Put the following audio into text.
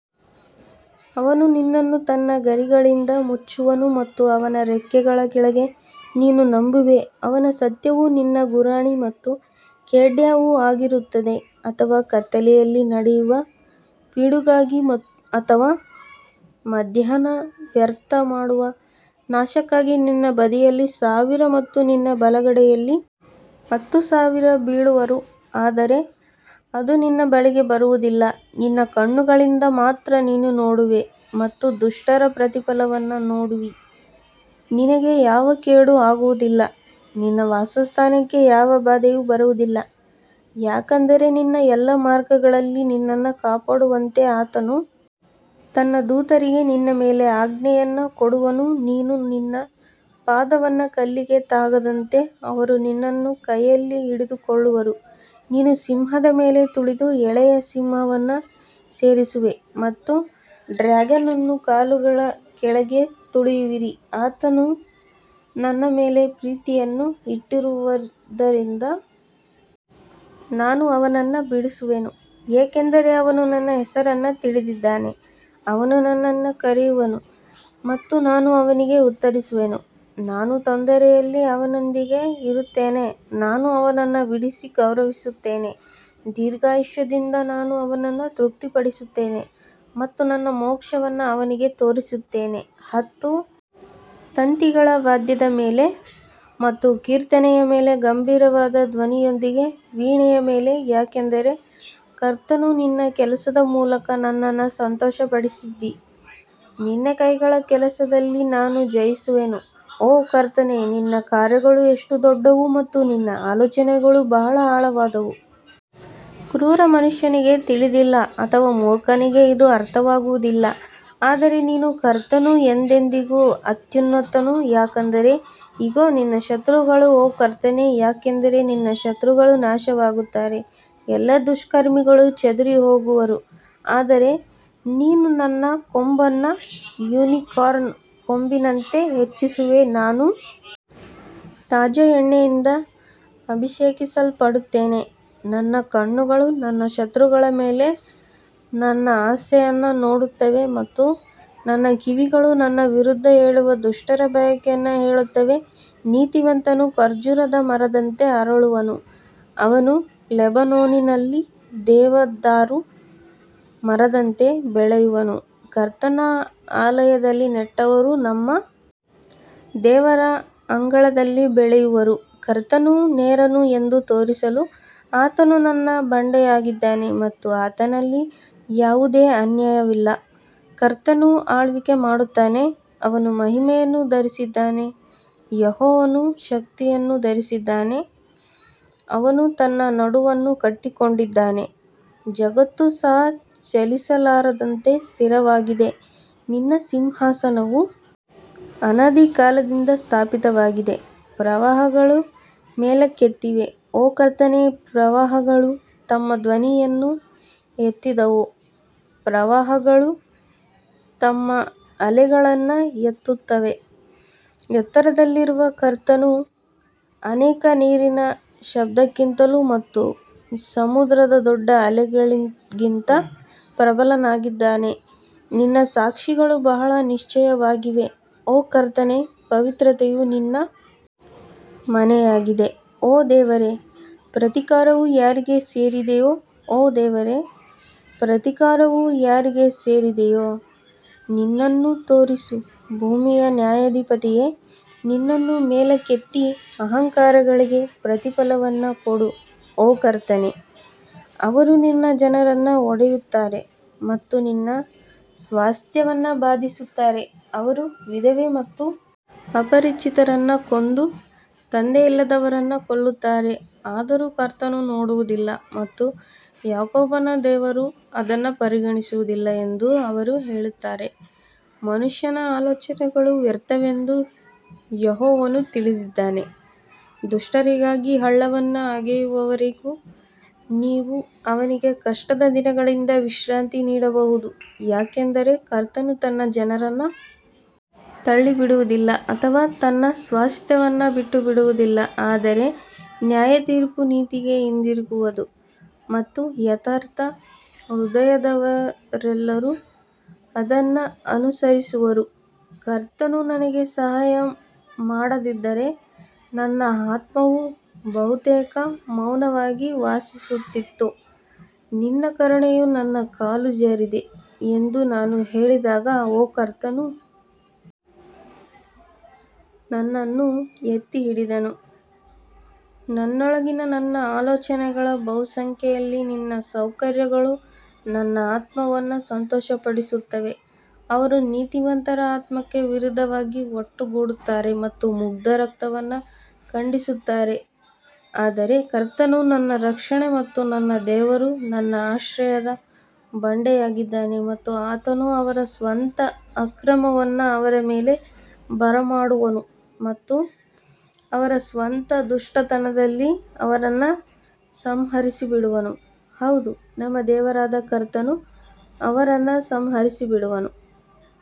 ಅವನು ನಿನ್ನನ್ನು ತನ್ನ ಗರಿಗಳಿಂದ ಮುಚ್ಚುವನು ಮತ್ತು ಅವನ ರೆಕ್ಕೆಗಳ ಕೆಳಗೆ ನೀನು ನಂಬುವೆ ಅವನ ಸತ್ಯವು ನಿನ್ನ ಗುರಾಣಿ ಮತ್ತು ಖೇಡ್ಯಾವು ಆಗಿರುತ್ತದೆ ಅಥವಾ ಕತ್ತಲೆಯಲ್ಲಿ ನಡೆಯುವ ಪಿಡುಗಾಗಿ ಅಥವಾ ಮಧ್ಯಾಹ್ನ ವ್ಯರ್ಥ ಮಾಡುವ ನಾಶಕ್ಕಾಗಿ ನಿನ್ನ ಬದಿಯಲ್ಲಿ ಸಾವಿರ ಮತ್ತು ನಿನ್ನ ಬಲಗಡೆಯಲ್ಲಿ ಹತ್ತು ಸಾವಿರ ಬೀಳುವರು ಆದರೆ ಅದು ನಿನ್ನ ಬಳಿಗೆ ಬರುವುದಿಲ್ಲ ನಿನ್ನ ಕಣ್ಣುಗಳಿಂದ ಮಾತ್ರ ನೀನು ನೋಡುವೆ ಮತ್ತು ದುಷ್ಟರ ಪ್ರತಿಫಲವನ್ನು ನೋಡುವಿ ನಿನಗೆ ಯಾವ ಕೇಡೂ ಆಗುವದಿಲ್ಲ, ನಿನ್ನ ವಾಸಸ್ಥಾನಕ್ಕೆ ಯಾವ ಬಾಧೆಯೂ ಬರುವುದಿಲ್ಲ ಯಾಕಂದರೆ ನಿನ್ನ ಎಲ್ಲಾ ಮಾರ್ಗಗಳಲ್ಲಿ ನಿನ್ನನ್ನು ಕಾಪಾಡುವಂತೆ ಆತನು ತನ್ನ ದೂತರಿಗೆ ನಿನ್ನ ಮೇಲೆ ಆಜ್ಞೆಯನ್ನು ಕೊಡುವನು ನೀನು ನಿನ್ನ ಪಾದವನ್ನು ಕಲ್ಲಿಗೆ ತಾಗದಂತೆ ಅವರು ನಿನ್ನನ್ನು ಕೈಯಲ್ಲಿ ಹಿಡಿದುಕೊಳ್ಳುವರು ನೀನು ಸಿಂಹದ ಮೇಲೆ ತುಳಿದು ಎಳೆಯ ಸಿಂಹವನ್ನು ಸೇರಿಸುವೆ ಮತ್ತು ಡ್ರ್ಯಾಗನ್ ಅನ್ನು ಕಾಲುಗಳ ಕೆಳಗೆ ತುಳಿಯುವಿರಿ ಆತನು ನನ್ನ ಮೇಲೆ ಪ್ರೀತಿಯನ್ನು ಇಟ್ಟಿರುವದರಿಂದ ನಾನು ಅವನನ್ನು ಬಿಡಿಸುವೆನು, ಏಕೆಂದರೆ ಅವನು ನನ್ನ ಹೆಸರನ್ನು ತಿಳಿದಿದ್ದಾನೆ ಅವನು ನನ್ನನ್ನು ಕರೆಯುವನು ಮತ್ತು ನಾನು ಅವನಿಗೆ ಉತ್ತರಿಸುವೆನು, ನಾನು ತೊಂದರೆಯಲ್ಲಿ ಅವನೊಂದಿಗೆ ಇರುತ್ತೇನೆ ನಾನು ಅವನನ್ನು ಬಿಡಿಸಿ ಗೌರವಿಸುತ್ತೇನೆ ದೀರ್ಘಾಯುಷ್ಯದಿಂದ ನಾನು ಅವನನ್ನು ತೃಪ್ತಿಪಡಿಸುತ್ತೇನೆ ಮತ್ತು ನನ್ನ ಮೋಕ್ಷವನ್ನು ಅವನಿಗೆ ತೋರಿಸುತ್ತೇನೆ ಹತ್ತು ತಂತಿಗಳ ವಾದ್ಯದ ಮೇಲೆ ಮತ್ತು ಕೀರ್ತನೆಯ ಮೇಲೆ ಗಂಭೀರವಾದ ಧ್ವನಿಯೊಂದಿಗೆ ವೀಣೆಯ ಮೇಲೆ ಯಾಕಂದರೆ ಕರ್ತನು ನಿನ್ನ ಕೆಲಸದ ಮೂಲಕ ನನ್ನನ್ನು ಸಂತೋಷಪಡಿಸಿದ್ದೀ, ನಿನ್ನ ಕೈಗಳ ಕೆಲಸದಲ್ಲಿ ನಾನು ಜಯಿಸುವೆನು ಓ ಕರ್ತನೇ ನಿನ್ನ ಕಾರ್ಯಗಳು ಎಷ್ಟು ದೊಡ್ಡವು ಮತ್ತು ನಿನ್ನ ಆಲೋಚನೆಗಳು ಬಹಳ ಆಳವಾದವು ಕ್ರೂರ ಮನುಷ್ಯನಿಗೆ ತಿಳಿದಿಲ್ಲ ಅಥವಾ ಮೂರ್ಖನಿಗೆ ಇದು ಅರ್ಥವಾಗುವುದಿಲ್ಲ ಆದರೆ ನೀನು ಕರ್ತನು ಎಂದೆಂದಿಗೂ ಅತ್ಯುನ್ನತನು ಯಾಕಂದರೆ ಇಗೋ ನಿನ್ನ ಶತ್ರುಗಳು ಓ ಕರ್ತನೇ ಯಾಕಂದರೆ ನಿನ್ನ ಶತ್ರುಗಳು ನಾಶವಾಗುತ್ತಾರೆ ಎಲ್ಲಾ ದುಷ್ಕರ್ಮಿಗಳು ಚದುರಿಹೋಗುವರು ಆದರೆ ನೀನು ನನ್ನ ಕೊಂಬನ್ನು ಯುನಿಕಾರ್ನ್ನ ಕೊಂಬಿನಂತೆ ಹೆಚ್ಚಿಸುವೆ, ನಾನು ತಾಜಾ ಎಣ್ಣೆಯಿಂದ ಅಭಿಷೇಕಿಸಲ್ಪಡುತ್ತೇನೆ ನನ್ನ ಕಣ್ಣುಗಳು ನನ್ನ ಶತ್ರುಗಳ ಮೇಲೆ ನನ್ನ ಆಸೆಯನ್ನು ನೋಡುತ್ತವೆ ಮತ್ತು ನನ್ನ ಕಿವಿಗಳು ನನ್ನ ವಿರುದ್ಧ ಏಳುವ ದುಷ್ಟರ ಬಯಕೆಯನ್ನು ಕೇಳುತ್ತವೆ ನೀತಿವಂತನು ಖರ್ಜೂರದ ಮರದಂತೆ ಅರಳುವನು, ಅವನು ಲೆಬನೋನಿನಲ್ಲಿ ದೇವದಾರು ಮರದಂತೆ ಬೆಳೆಯುವನು ಕರ್ತನ ಆಲಯದಲ್ಲಿ ನೆಟ್ಟವರು ನಮ್ಮ ದೇವರ ಅಂಗಳದಲ್ಲಿ ಬೆಳೆಯುವರು ಕರ್ತನು ನೇರನು ಎಂದು ತೋರಿಸಲು ಆತನು ನನ್ನ ಬಂಡೆಯಾಗಿದ್ದಾನೆ ಮತ್ತು ಆತನಲ್ಲಿ ಯಾವುದೇ ಅನ್ಯಾಯವಿಲ್ಲ ಕರ್ತನು ಆಳ್ವಿಕೆ ಮಾಡುತ್ತಾನೆ, ಅವನು ಮಹಿಮೆಯನ್ನು ಧರಿಸಿದ್ದಾನೆ, ಯೆಹೋವನು ಶಕ್ತಿಯನ್ನು ಧರಿಸಿದ್ದಾನೆ, ಅವನು ತನ್ನ ನಡುವನ್ನು ಕಟ್ಟಿಕೊಂಡಿದ್ದಾನೆ, ಜಗತ್ತು ಸಹ ಚಲಿಸಲಾರದಂತೆ ಸ್ಥಿರವಾಗಿದೆ ನಿನ್ನ ಸಿಂಹಾಸನವು ಅನಾದಿ ಕಾಲದಿಂದ ಸ್ಥಾಪಿತವಾಗಿದೆ ಪ್ರವಾಹಗಳು ಮೇಲಕ್ಕೆತ್ತಿವೆ ಓ ಕರ್ತನೇ ಪ್ರವಾಹಗಳು ತಮ್ಮ ಧ್ವನಿಯನ್ನು ಎತ್ತಿದವು ಪ್ರವಾಹಗಳು ತಮ್ಮ ಅಲೆಗಳನ್ನು ಎತ್ತುತ್ತವೆ ಎತ್ತರದಲ್ಲಿರುವ ಕರ್ತನು ಅನೇಕ ನೀರಿನ ಶಬ್ದಕ್ಕಿಂತಲೂ ಮತ್ತು ಸಮುದ್ರದ ದೊಡ್ಡ ಅಲೆಗಳಿಗಿಂತ ಪ್ರಬಲನಾಗಿದ್ದಾನೆ ನಿನ್ನ ಸಾಕ್ಷಿಗಳು ಬಹಳ ನಿಶ್ಚಯವಾಗಿವೆ ಓ ಕರ್ತನೇ ಪವಿತ್ರತೆಯು ನಿನ್ನ ಮನೆಯಾಗಿದೆ ಓ ದೇವರೇ, ಪ್ರತೀಕಾರವು ಯಾರಿಗೆ ಸೇರಿದೆಯೋ ಓ ದೇವರೇ, ಪ್ರತೀಕಾರವು ಯಾರಿಗೆ ಸೇರಿದೆಯೋ, ನಿನ್ನನ್ನು ತೋರಿಸು ಭೂಮಿಯ ನ್ಯಾಯಾಧಿಪತಿಯೇ ನಿನ್ನನ್ನು ಮೇಲಕ್ಕೆತ್ತಿ ಅಹಂಕಾರಿಗಳಿಗೆ ಪ್ರತಿಫಲವನ್ನು ಕೊಡು ಓ ಕರ್ತನೇ, ಅವರು ನಿನ್ನ ಜನರನ್ನು ಒಡೆಯುತ್ತಾರೆ ಮತ್ತು ನಿನ್ನ ಸ್ವಾಸ್ತ್ಯವನ್ನು ಬಾಧಿಸುತ್ತಾರೆ ಅವರು ವಿಧವೆ ಮತ್ತು ಅಪರಿಚಿತರನ್ನು ಕೊಂದು ತಂದೆಯಿಲ್ಲದವರನ್ನು ಕೊಲ್ಲುತ್ತಾರೆ ಆದರೂ ಕರ್ತನು ನೋಡುವುದಿಲ್ಲ ಮತ್ತು ಯಾಕೋಬನ ದೇವರು ಅದನ್ನು ಪರಿಗಣಿಸುವುದಿಲ್ಲ ಎಂದು ಅವರು ಹೇಳುತ್ತಾರೆ ಮನುಷ್ಯನ ಆಲೋಚನೆಗಳು ವ್ಯರ್ಥವೆಂದು ಯೆಹೋವನು ತಿಳಿದಿದ್ದಾನೆ ದುಷ್ಟರಿಗಾಗಿ ಹಳ್ಳವನ್ನು ಅಗೆಯುವವರೆಗೂ ನೀವು ಅವನಿಗೆ ಕಷ್ಟದ ದಿನಗಳಿಂದ ವಿಶ್ರಾಂತಿ ನೀಡಬಹುದು ಯಾಕಂದರೆ ಕರ್ತನು ತನ್ನ ಜನರನ್ನು ತಳ್ಳಿಬಿಡುವುದಿಲ್ಲ ಅಥವಾ ತನ್ನ ಸ್ವಾಸ್ತ್ಯವನ್ನು ಬಿಟ್ಟುಬಿಡುವುದಿಲ್ಲ ಆದರೆ ನ್ಯಾಯತೀರ್ಪು ನೀತಿಗೆ ಹಿಂದಿರುಗುವದು ಮತ್ತು ಯಥಾರ್ಥ ಹೃದಯದವರೆಲ್ಲರೂ ಅದನ್ನು ಅನುಸರಿಸುವರು ಕರ್ತನು ನನಗೆ ಸಹಾಯ ಮಾಡದಿದ್ದರೆ ನನ್ನ ಆತ್ಮವು ಬಹುತೇಕ ಮೌನವಾಗಿ ವಾಸಿಸುತ್ತಿತ್ತು ನಿನ್ನ ಕರುಣೆಯು ನನ್ನ ಕಾಲು ಜಾರಿದೆ ಎಂದು ನಾನು ಹೇಳಿದಾಗ ಓ ಕರ್ತನು ನನ್ನನ್ನು ಎತ್ತಿ ಹಿಡಿದನು ನನ್ನೊಳಗಿನ ನನ್ನ ಆಲೋಚನೆಗಳ ಬಹುಸಂಖ್ಯೆಯಲ್ಲಿ ನಿನ್ನ ಸೌಕರ್ಯಗಳು ನನ್ನ ಆತ್ಮವನ್ನು ಸಂತೋಷಪಡಿಸುತ್ತವೆ ಅವರು ನೀತಿವಂತರ ಆತ್ಮಕ್ಕೆ ವಿರುದ್ಧವಾಗಿ ಒಟ್ಟುಗೂಡುತ್ತಾರೆ ಮತ್ತು ಮುಗ್ಧ ರಕ್ತವನ್ನು ಖಂಡಿಸುತ್ತಾರೆ ಆದರೆ ಕರ್ತನು ನನ್ನ ರಕ್ಷಣೆ ಮತ್ತು ನನ್ನ ದೇವರು ನನ್ನ ಆಶ್ರಯದ ಬಂಡೆಯಾಗಿದ್ದಾನೆ ಮತ್ತು ಆತನು ಅವರ ಸ್ವಂತ ಅಕ್ರಮವನ್ನು ಅವರ ಮೇಲೆ ಬರಮಾಡುವನು ಮತ್ತು ಅವರ ಸ್ವಂತ ದುಷ್ಟತನದಲ್ಲಿ ಅವರನ್ನು ಸಂಹರಿಸಿಬಿಡುವನು, ಹೌದು ನಮ್ಮ ದೇವರಾದ ಕರ್ತನು ಅವರನ್ನು ಸಂಹರಿಸಿಬಿಡುವನು.